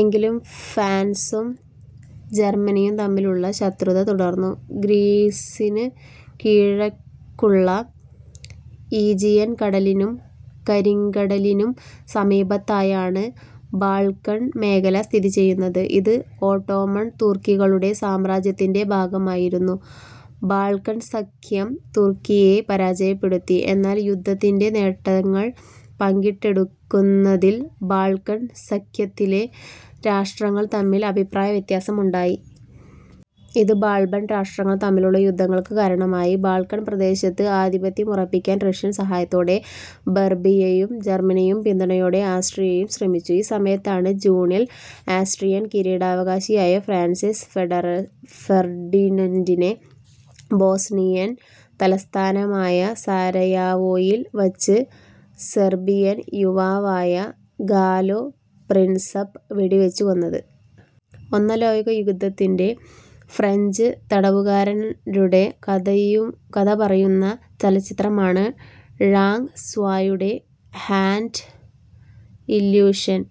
എങ്കിലും ഫാൻസും ജർമനിയും തമ്മിലുള്ള ശത്രുത തുടർന്നു. ഗ്രീസിന് കിഴക്കുള്ള ഈജിയൻ കടലിനും കരിങ്കടലിനും സമീപത്തായാണ് ബാൾക്കൻ മേഖല സ്ഥിതിചെയ്യുന്നത്. ഇത് ഓട്ടോമൻ തുർക്കികളുടെ സാമ്രാജ്യത്തിന്റെ ഭാഗമായിരുന്നു. ബാൾക്കൺ സഖ്യം തുർക്കിയെ പരാജയപ്പെടുത്തി. എന്നാൽ യുദ്ധത്തിന്റെ നേട്ടങ്ങൾ പങ്കിട്ടെടുക്കുന്നതിൽ ബാൾക്കൻ സഖ്യത്തിലെ രാഷ്ട്രങ്ങൾ തമ്മിൽ അഭിപ്രായവ്യത്യാസം ഉണ്ടായി. ഇത് ബാൾക്കൺ രാഷ്ട്രങ്ങൾ തമ്മിലുള്ള യുദ്ധങ്ങൾക്കു കാരണമായി. ബാൾക്കൻ പ്രദേശത്ത് ആധിപത്യമുറപ്പിക്കാൻ റഷ്യൻ സഹായത്തോടെ ബേർബിയയും ജർമനിയുടെ പിന്തുണയോടെ ആസ്ട്രിയയും ശ്രമിച്ചു. ഈ സമയത്താണ് ജൂണിൽ ആസ്ട്രിയൻ കിരീടാവകാശിയായ ഫ്രാൻസിസ് ഫെർഡിനന്റിനെ ബോസ്നിയൻ തലസ്ഥാനമായ സാരയാവോയിൽ വച്ച് സെർബിയൻ യുവാവായ ഗാലൊ പ്രിൻസപ്പ് വെടിവെച്ചു കൊന്നത്. ഒന്നാം ലോകയുദ്ധത്തിലെ ഫ്രഞ്ച് തടവുകാരുടെ കഥപറയുന്ന ചലച്ചിത്രമാണ് ഴാങ് സ്വായുടെ ഗ്രാൻഡ് ഇല്യൂഷൻ'.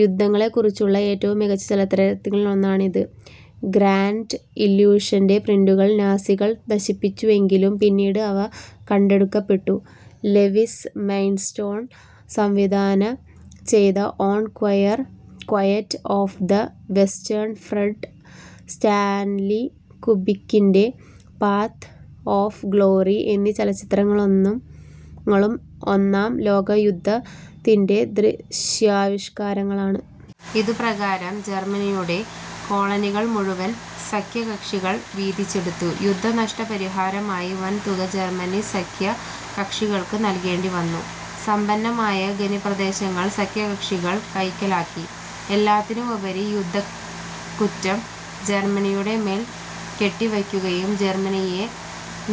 യുദ്ധങ്ങളെക്കുറിച്ചുള്ള ഏറ്റവും മികച്ച ചലച്ചിത്രങ്ങളിലൊന്നാണിത്. "ഗ്രാൻഡ് ഇല്യൂഷന്റെ പ്രിന്റുകൾ നാസികൾ നശിപ്പിച്ചുവെങ്കിലും പിന്നീട് അവ കണ്ടെടുക്കപ്പെട്ടു. ലെവിസ് മൈൻസ്റ്റോൺ സംവിധാന ചെയ്ത "all quiet on the western front', Stanley കുബിക്കിന്റെ "പാത്ത് ഓഫ് ഗ്ലോറി' എന്നീ ചലച്ചിത്രങ്ങളും ഒന്നാം ലോകയുദ്ധ ത്തിന്റെ ദൃശ്യാവിഷ്കാരങ്ങളാണ്. ഇതുപ്രകാരം ജർമനിയുടെ കോളനികൾ മുഴുവൻ സഖ്യകക്ഷികൾ വീതിച്ചെടുത്തു. യുദ്ധ നഷ്ട പരിഹാരമായി വൻ തുക ജർമനി സഖ്യ കക്ഷികൾക്ക് നൽകേണ്ടിവന്നു. സമ്പന്നമായ ഖനിപ്രദേശങ്ങൾ സഖ്യകക്ഷികൾ കൈക്കലാക്കി. എല്ലാറ്റിനുമുപരി യുദ്ധക്കുറ്റം ജർമനിയുടെമേൽ കെട്ടിവയ്ക്കുകയും ജർമനിയെ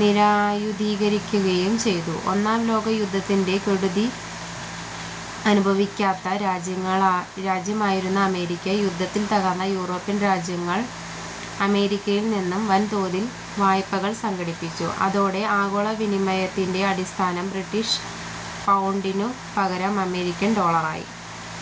നിരായുധീകരിക്കുകയും ചെയ്തു. ഒന്നാം ലോകയുദ്ധത്തിന്റെ കെടുതി അനുഭവിക്കാത്ത രാജ്യമായിരുന്നു അമേരിക്ക. യുദ്ധത്തിൽ തകർന്ന യൂറോപ്യൻ രാജ്യങ്ങൾ അമേരിക്കയിൽനിന്നു വൻതോതിൽ വായ്പകൾ സംഘടിപ്പിച്ചു. അതോടെ ആഗോള വിനിമയത്തിന്റെ അടിസ്ഥാനം ബ്രിട്ടീഷ് പൗണ്ടിനു പകരം അമേരിക്കൻ ഡോളറായി